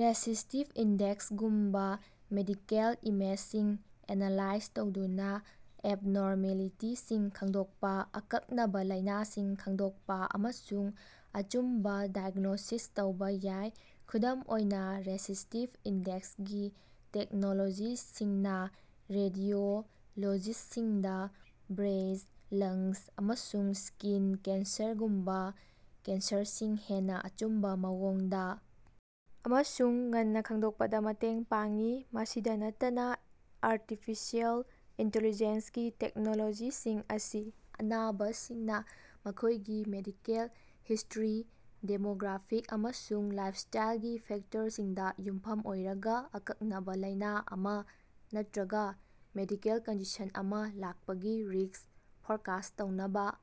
Resistive index ꯒꯨꯝꯕ medical ꯏꯃꯦꯖꯁꯤꯡ analyse ꯇꯧꯗꯨꯅ ꯑꯦꯕꯅꯣꯔꯃꯦꯂꯤꯇꯤꯁꯤꯡ ꯈꯪꯗꯣꯛꯄ, ꯑꯀꯛꯅꯕ ꯂꯥꯏꯅꯥꯁꯤꯡ ꯈꯪꯗꯣꯛꯄ ꯑꯃꯁꯨꯡ ꯑꯆꯨꯝꯕ ꯗꯥꯏꯒ꯭ꯅꯣꯁꯤꯁ ꯇꯧꯕ ꯌꯥꯏ꯫ ꯈꯨꯗꯝ ꯑꯣꯏꯅ, ꯔꯦꯁꯤꯁꯇꯤꯚ ꯏꯟꯗꯦꯛꯁ ꯒꯤ ꯇꯦꯛꯅꯣꯂꯣꯖꯤꯁꯤꯡꯅ ꯔꯦꯗꯤꯑꯣꯂꯣꯖꯤꯁꯁꯤꯡꯗ ꯕ꯭ꯔꯦꯁ꯭, ꯂꯪꯁ, ꯑꯃꯁꯨꯡ ꯁ꯭ꯀꯤꯟ ꯀꯦꯟꯁꯔꯒꯨꯝꯕ ꯀꯦꯟꯁꯔꯁꯤꯡ ꯍꯦꯟꯅ ꯑꯆꯨꯝꯕ ꯃꯑꯣꯡꯗ ꯑꯃꯁꯨꯡ ꯉꯟꯅ ꯈꯪꯗꯣꯛꯄꯗ ꯃꯇꯦꯡ ꯄꯥꯡꯏ꯫ ꯃꯁꯤꯗ ꯅꯠꯇꯅ, ꯑꯔꯇꯤꯐꯤꯁꯤꯑꯦꯜ ꯏꯟꯇꯦꯂꯤꯖꯦꯟꯁ ꯒꯤ ꯇꯦꯛꯅꯣꯂꯣꯖꯤꯁꯤꯡ ꯑꯁꯤ ꯑꯅꯥꯕꯁꯤꯡꯅ ꯃꯈꯣꯏꯒꯤ ꯃꯦꯗꯤꯀꯦꯜ ꯍꯤꯁꯇ꯭ꯔꯤ, ꯗꯦꯃꯣꯒ꯭ꯔꯥꯐꯤꯛ, ꯑꯃꯁꯨꯡ ꯂꯥꯏꯐꯁ꯭ꯇꯥꯏꯜꯒꯤ ꯐꯦꯛꯇꯔꯁꯤꯡꯗ ꯌꯨꯝꯐꯝ ꯑꯣꯏꯔꯒ ꯑꯀꯛꯅꯕ ꯂꯥꯏꯅ ꯑꯃ ꯅꯠꯇ꯭ꯔꯒ ꯃꯦꯗꯤꯀꯦꯜ ꯀꯟꯗꯤꯁꯟ ꯑꯃ ꯂꯥꯛꯄꯒꯤ ꯔꯤꯁ꯭ꯛ ꯐꯣꯔꯀꯥꯁ ꯇꯧꯅꯕ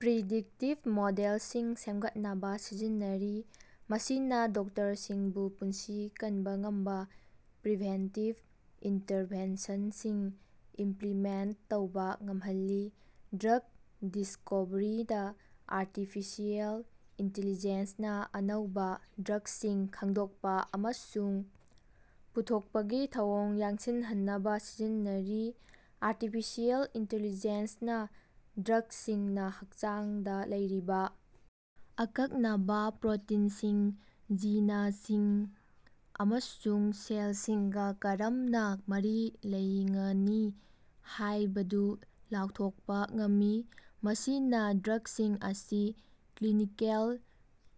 ꯄ꯭ꯔꯤꯗꯤꯛꯇꯤꯚ ꯃꯣꯗꯦꯜꯁꯤꯡ ꯁꯦꯝꯒꯠꯅꯕ ꯁꯤꯖꯤꯟꯅꯔꯤ꯫ ꯃꯁꯤꯅ ꯗꯣꯛꯇꯔꯁꯤꯡꯕꯨ ꯄꯨꯟꯁꯤ ꯀꯟꯕ ꯉꯝꯕ ꯄ꯭ꯔꯤꯚꯦꯟꯇꯤꯚ ꯏꯟꯇꯔꯚꯦꯟꯁꯟꯁꯤꯡ ꯏꯝꯄ꯭ꯂꯤꯃꯦꯟꯇ ꯇꯧꯕ ꯉꯝꯍꯜꯂꯤ꯫ ꯗ꯭ꯔꯒ ꯗꯤꯁꯀꯣꯚꯔꯤꯗꯥ ꯑꯥꯔꯇꯤꯐꯤꯁꯤꯑꯦꯜ ꯏꯟꯇꯤꯂꯤꯖꯦꯟꯁ ꯅꯥ ꯑꯅꯧꯕ ꯗ꯭ꯔꯒꯁꯤꯡ ꯈꯪꯗꯣꯛꯄ ꯑꯃꯁꯨꯡ ꯄꯨꯊꯣꯛꯄꯒꯤ ꯊꯧꯑꯣꯡ ꯌꯥꯡꯁꯤꯜꯍꯟꯅꯕ ꯁꯤꯖꯤꯟꯅꯔꯤ꯫ ꯑꯥꯔꯇꯤꯐꯤꯁꯤꯑꯦꯜ ꯏꯟꯇꯤꯂꯤꯖꯦꯟꯁ ꯅꯥ ꯗ꯭ꯔꯒꯁꯤꯡꯅ ꯍꯛꯆꯥꯡꯗ ꯂꯩꯔꯤꯕ ꯑꯀꯛꯅꯕ ꯄ꯭ꯔꯣꯇꯤꯟꯁꯤꯡ, ꯖꯤꯅꯁꯤꯡ ꯑꯃꯁꯨꯡ ꯁꯦꯜꯁꯤꯡꯒꯥ ꯀꯔꯝꯅ ꯃꯔꯤ ꯂꯩꯉꯅꯤ ꯍꯥꯏꯕꯗꯨ ꯂꯥꯎꯊꯣꯛꯄ ꯉꯝꯃꯤ, ꯃꯁꯤꯅ ꯗ꯭ꯔꯒꯁꯤꯡ ꯑꯁꯤ ꯀ꯭ꯂꯤꯅꯤꯀꯦꯜ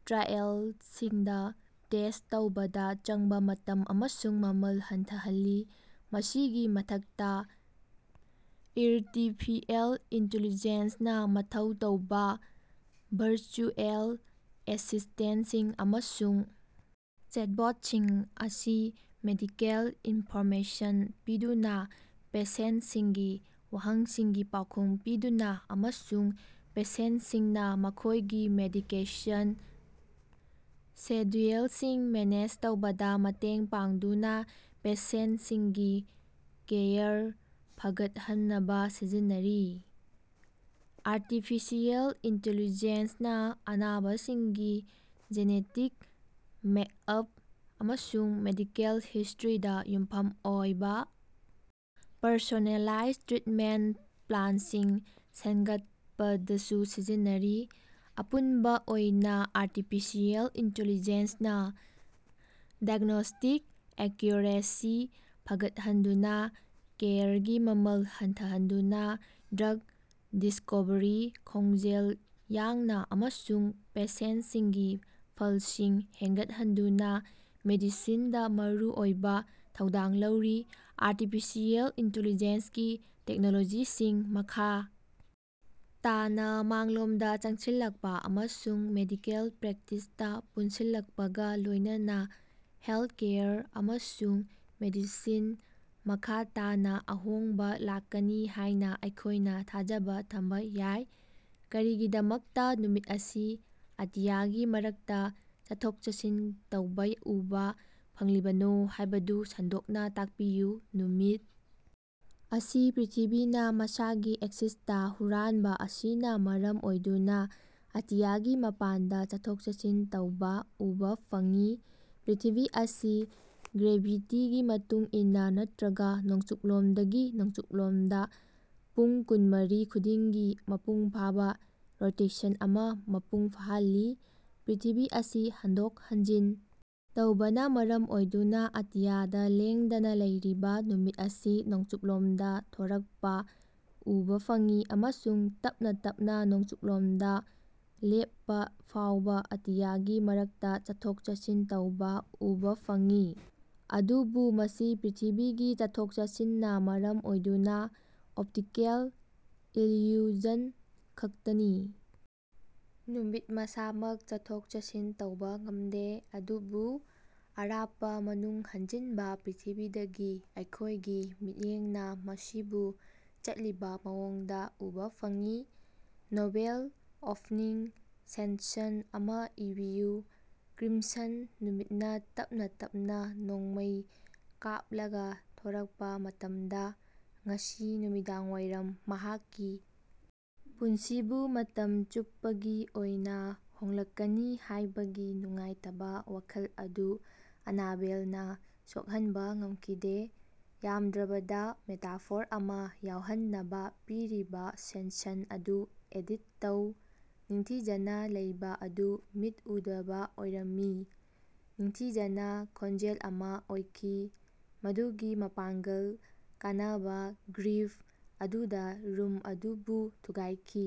ꯇ꯭ꯔꯥꯏꯑꯦꯜꯁꯤꯡꯗ ꯇꯦꯁ ꯇꯧꯕꯗ ꯆꯪꯕ ꯃꯇꯝ ꯑꯃꯁꯨꯡ ꯃꯃꯜ ꯍꯟꯊꯥꯍꯜꯂꯤ꯫ ꯃꯁꯤꯒꯤ ꯃꯊꯛꯇꯥ, ꯑꯤꯔꯇꯤꯐꯤꯑꯦꯜ ꯏꯟꯇꯤꯂꯤꯖꯦꯟꯁ ꯅꯥ ꯃꯊꯧ ꯇꯧꯕ ꯚꯔꯆꯨꯑꯦꯜ ꯑꯦꯁꯤꯁꯇꯦꯟꯁꯤꯡ ꯑꯃꯁꯨꯡ ꯆꯦꯠꯕꯣꯠꯁꯤꯡ ꯑꯁꯤ ꯃꯦꯗꯤꯀꯦꯜ ꯏꯟꯐꯣꯔꯃꯦꯁꯟ ꯄꯤꯗꯨꯅ, ꯄꯦꯁꯦꯟꯇꯁꯤꯡꯒꯤ ꯋꯍꯪꯁꯤꯡꯒꯤ ꯄꯥꯎꯈꯨꯝ ꯄꯤꯗꯨꯅ, ꯑꯃꯁꯨꯡ ꯄꯦꯁꯦꯟꯇꯁꯤꯡꯅ ꯃꯈꯣꯏꯒꯤ ꯃꯦꯗꯤꯀꯦꯁꯟ ꯁꯦꯗ꯭ꯌꯨꯜꯁꯤꯡ ꯃꯦꯅꯦꯖ ꯇꯧꯕꯗ ꯃꯇꯦꯡ ꯄꯥꯡꯗꯨꯅ ꯄꯦꯁꯦꯟꯇꯁꯤꯡꯒꯤ ꯀꯦꯌꯔ ꯐꯒꯠꯍꯟꯅꯕ ꯁꯤꯖꯤꯟꯅꯔꯤ꯫ ꯑꯥꯔꯇꯤꯐꯤꯁꯤꯑꯦꯜ ꯏꯟꯇꯦꯂꯤꯖꯦꯟꯁ ꯅꯥ ꯑꯅꯥꯕꯁꯤꯡꯒꯤ ꯖꯦꯅꯦꯇꯤꯛ ꯃꯦꯛꯑꯞ ꯑꯃꯁꯨꯡ ꯃꯦꯗꯤꯀꯦꯜ ꯍꯤꯁꯇ꯭ꯔꯤꯗ ꯌꯨꯝꯐꯝ ꯑꯣꯏꯕ ꯄꯔꯁꯣꯅꯦꯂꯥꯏꯖ ꯇ꯭ꯔꯤꯠꯃꯦꯟꯇ ꯄ꯭ꯂꯥꯟꯁꯤꯡ ꯁꯦꯝꯒꯠꯄꯗꯁꯨ ꯁꯤꯖꯤꯟꯅꯔꯤ꯫ ꯑꯄꯨꯟꯕ ꯑꯣꯏꯅ, ꯑꯥꯔꯇꯤꯐꯤꯁꯤꯑꯦꯟ ꯏꯟꯇꯦꯂꯤꯖꯦꯟꯁ ꯅꯥ ꯗꯥꯏꯒ꯭ꯅꯣꯁꯇꯤꯛ ꯑꯦꯛꯀ꯭ꯌꯨꯔꯦꯁꯤ ꯐꯒꯠꯍꯟꯗꯨꯅ, ꯀꯦꯌꯔꯒꯤ ꯃꯃꯜ ꯍꯟꯊꯍꯟꯗꯨꯅ, ꯗ꯭ꯔꯒ ꯗꯤꯁꯀꯣꯚ꯭ꯔꯤ ꯈꯣꯡꯖꯦꯜ ꯌꯥꯡꯅ ꯑꯃꯁꯨꯡ ꯄꯦꯁꯦꯟꯇꯁꯤꯡꯒꯤ ꯐꯜꯁꯤꯡ ꯍꯦꯟꯒꯠꯍꯟꯗꯨꯅ ꯃꯦꯗꯤꯁꯤꯟꯗ ꯃꯔꯨꯑꯣꯏꯕ ꯊꯧꯗꯥꯡ ꯂꯧꯔꯤ꯫ ꯑꯥꯔꯇꯤꯐꯤꯁꯤꯑꯦꯜ ꯏꯟꯇꯦꯂꯤꯖꯦꯟꯁ ꯒꯤ ꯇꯦꯛꯅꯣꯂꯣꯖꯤꯁꯤꯡ ꯃꯈꯥ ꯇꯥꯅ ꯃꯥꯡꯂꯣꯝꯗ ꯆꯪꯁꯤꯜꯂꯛꯄ ꯑꯃꯁꯨꯡ ꯃꯦꯗꯤꯀꯦꯜ ꯄ꯭ꯔꯦꯛꯇꯤꯁꯇ ꯄꯨꯟꯁꯤꯜꯂꯛꯄꯒ ꯂꯣꯏꯅꯥꯅ ꯍꯦꯜꯊꯀꯦꯌꯔ ꯑꯃꯁꯨꯡ ꯃꯦꯗꯤꯁꯤꯟꯗ ꯃꯈꯥ ꯇꯥꯅ ꯑꯍꯣꯡꯕ ꯂꯥꯛꯀꯅꯤ ꯍꯥꯏꯅ ꯑꯩꯈꯣꯏꯅ ꯊꯥꯖꯕ ꯊꯝꯕ ꯌꯥꯏ꯫ ꯀꯔꯤꯒꯤꯗꯃꯛꯇꯥ ꯅꯨꯃꯤꯠ ꯑꯁꯤ ꯑꯇꯤꯌꯥꯒꯤ ꯃꯔꯛꯇ ꯆꯠꯊꯣꯛ-ꯆꯠꯁꯤꯟ ꯇꯧꯕ ꯎꯕ ꯐꯪꯂꯤꯕꯅꯣ ꯍꯥꯏꯕꯗꯨ ꯁꯟꯗꯣꯛꯅ ꯇꯥꯛꯄꯤꯌꯨ꯫ ꯅꯨꯃꯤꯠ ꯑꯁꯤ ꯄ꯭ꯔ꯭ꯤꯊꯤꯕꯤꯅ ꯃꯁꯥꯒꯤ ꯑꯦꯛꯁꯤꯁꯇꯥ ꯍꯨꯔꯥꯟꯕ ꯑꯁꯤꯅ ꯃꯔꯝ ꯑꯣꯏꯗꯨꯅ ꯑꯇꯤꯌꯥꯒꯤ ꯃꯄꯥꯟꯗ ꯆꯠꯊꯣꯛ-ꯆꯠꯁꯤꯟ ꯇꯧꯕ ꯎꯕ ꯐꯪꯏ꯫ ꯄ꯭ꯔ꯭ꯤꯊꯤꯕꯤ ꯑꯁꯤ ꯒ꯭ꯔꯦꯚꯤꯇꯤꯒꯤ ꯃꯇꯨꯡ ꯏꯟꯅꯥ, ꯅꯠꯇ꯭ꯔꯒ ꯅꯣꯡꯆꯨꯞꯂꯣꯝꯗꯒꯤ ꯅꯣꯡꯆꯨꯝꯂꯣꯝꯗ, ꯄꯨꯡ ꯀꯨꯟꯃꯔꯤ ꯈꯨꯗꯤꯡꯒꯤ ꯃꯄꯨꯡꯐꯥꯕ ꯔꯣꯇꯦꯁꯟ ꯑꯃ ꯃꯄꯨꯡ ꯐꯥꯍꯜꯂꯤ꯫ ꯄ꯭ꯔ꯭ꯤꯊꯤꯕꯤ ꯑꯁꯤ ꯍꯟꯗꯣꯛ-ꯍꯟꯖꯤꯟ ꯇꯧꯕꯅ ꯃꯔꯝ ꯑꯣꯏꯗꯨꯅ ꯑꯇꯤꯌꯥꯗ ꯂꯦꯡꯗꯅ ꯂꯩꯔꯤꯕ ꯅꯨꯃꯤꯠ ꯑꯁꯤ ꯅꯣꯡꯆꯨꯞꯂꯣꯝꯗ ꯊꯣꯔꯛꯄ ꯎꯕ ꯐꯪꯏ ꯑꯃꯁꯨꯡ ꯇꯞꯅ ꯇꯞꯅ ꯅꯣꯡꯆꯨꯞꯂꯣꯝꯗ ꯂꯦꯞꯄ ꯐꯥꯎꯕ ꯑꯇꯤꯌꯥꯒꯤ ꯃꯔꯛꯇ ꯆꯠꯊꯣꯛ-ꯆꯠꯁꯤꯟ ꯇꯧꯕ ꯎꯕ ꯐꯪꯏ꯫ ꯑꯗꯨꯕꯨ ꯃꯁꯤ ꯄ꯭ꯔ꯭ꯤꯊꯤꯕꯤꯒꯤ ꯆꯠꯊꯣꯛ-ꯆꯠꯁꯤꯟꯅ ꯃꯔꯝ ꯑꯣꯏꯗꯨꯅ ꯑꯣꯞꯇꯤꯀꯦꯜ ꯏꯜꯌꯨꯖꯟ ꯈꯛꯇꯅꯤ꯫ ꯅꯨꯃꯤꯠ ꯃꯁꯥꯃꯛ ꯆꯠꯊꯣꯛ-ꯆꯠꯁꯤꯟ ꯇꯧꯕ ꯉꯝꯗꯦ, ꯑꯗꯨꯕꯨ ꯑꯔꯥꯞꯄ ꯃꯅꯨꯡ ꯍꯟꯖꯤꯟꯕ ꯄ꯭ꯔ꯭ꯤꯊꯤꯕꯤꯗꯒꯤ ꯑꯩꯈꯣꯏꯒꯤ ꯃꯤꯠꯌꯦꯡꯅ ꯃꯁꯤꯕꯨ ꯆꯠꯂꯤꯕ ꯃꯑꯣꯡꯗ ꯎꯕ ꯐꯪꯏ꯫ ꯅꯣꯚꯦꯜ ꯑꯣꯞꯅꯤꯡ ꯁꯦꯟꯁꯟ ꯑꯃ ꯏꯕꯤꯌꯨ꯫ ꯀ꯭ꯔꯤꯝꯁꯟ ꯅꯨꯃꯤꯠꯅ ꯇꯞꯅ ꯇꯞꯅ ꯅꯣꯡꯃꯩ ꯀꯥꯞꯂꯒꯥ ꯊꯣꯔꯛꯄ ꯃꯇꯝꯗ, ꯉꯁꯤ ꯅꯨꯃꯤꯗꯥꯡꯋꯥꯏꯔꯝ ꯃꯍꯥꯛꯀꯤ ꯄꯨꯟꯁꯤꯕꯨ ꯃꯇꯝ ꯆꯨꯞꯄꯒꯤ ꯑꯣꯏꯅ ꯍꯣꯡꯂꯛꯀꯅꯤ ꯍꯥꯏꯕꯒꯤ ꯅꯨꯡꯉꯥꯏꯇꯕ ꯋꯥꯈꯜ ꯑꯗꯨ ꯑꯅꯥꯕꯦꯜꯅꯥ ꯁꯣꯛꯍꯟꯕ ꯉꯝꯈꯤꯗꯦ꯫ ꯌꯥꯝꯗ꯭ꯔꯕꯗ ꯃꯦꯇꯥꯐꯣꯔ ꯑꯃ ꯌꯥꯎꯍꯟꯅꯕ ꯄꯤꯔꯤꯕ ꯁꯦꯟꯁꯟ ꯑꯗꯨ ꯑꯦꯗꯤꯠ ꯇꯧ꯫ ꯅꯤꯡꯊꯤꯖꯅ ꯂꯩꯕ ꯑꯗꯨ ꯃꯤꯠ ꯎꯗꯕ ꯑꯣꯏꯔꯝꯃꯤ꯫ ꯅꯤꯡꯊꯤꯖꯅꯥ ꯈꯣꯟꯖꯦꯜ ꯑꯃ ꯑꯣꯏꯈꯤ, ꯃꯗꯨꯒꯤ ꯃꯄꯥꯡꯒꯜ ꯀꯅꯥꯕ ꯒ꯭ꯔꯤꯞ ꯑꯗꯨꯗ ꯔꯨꯝ ꯑꯗꯨꯕꯨ ꯊꯨꯒꯥꯏꯈꯤ꯫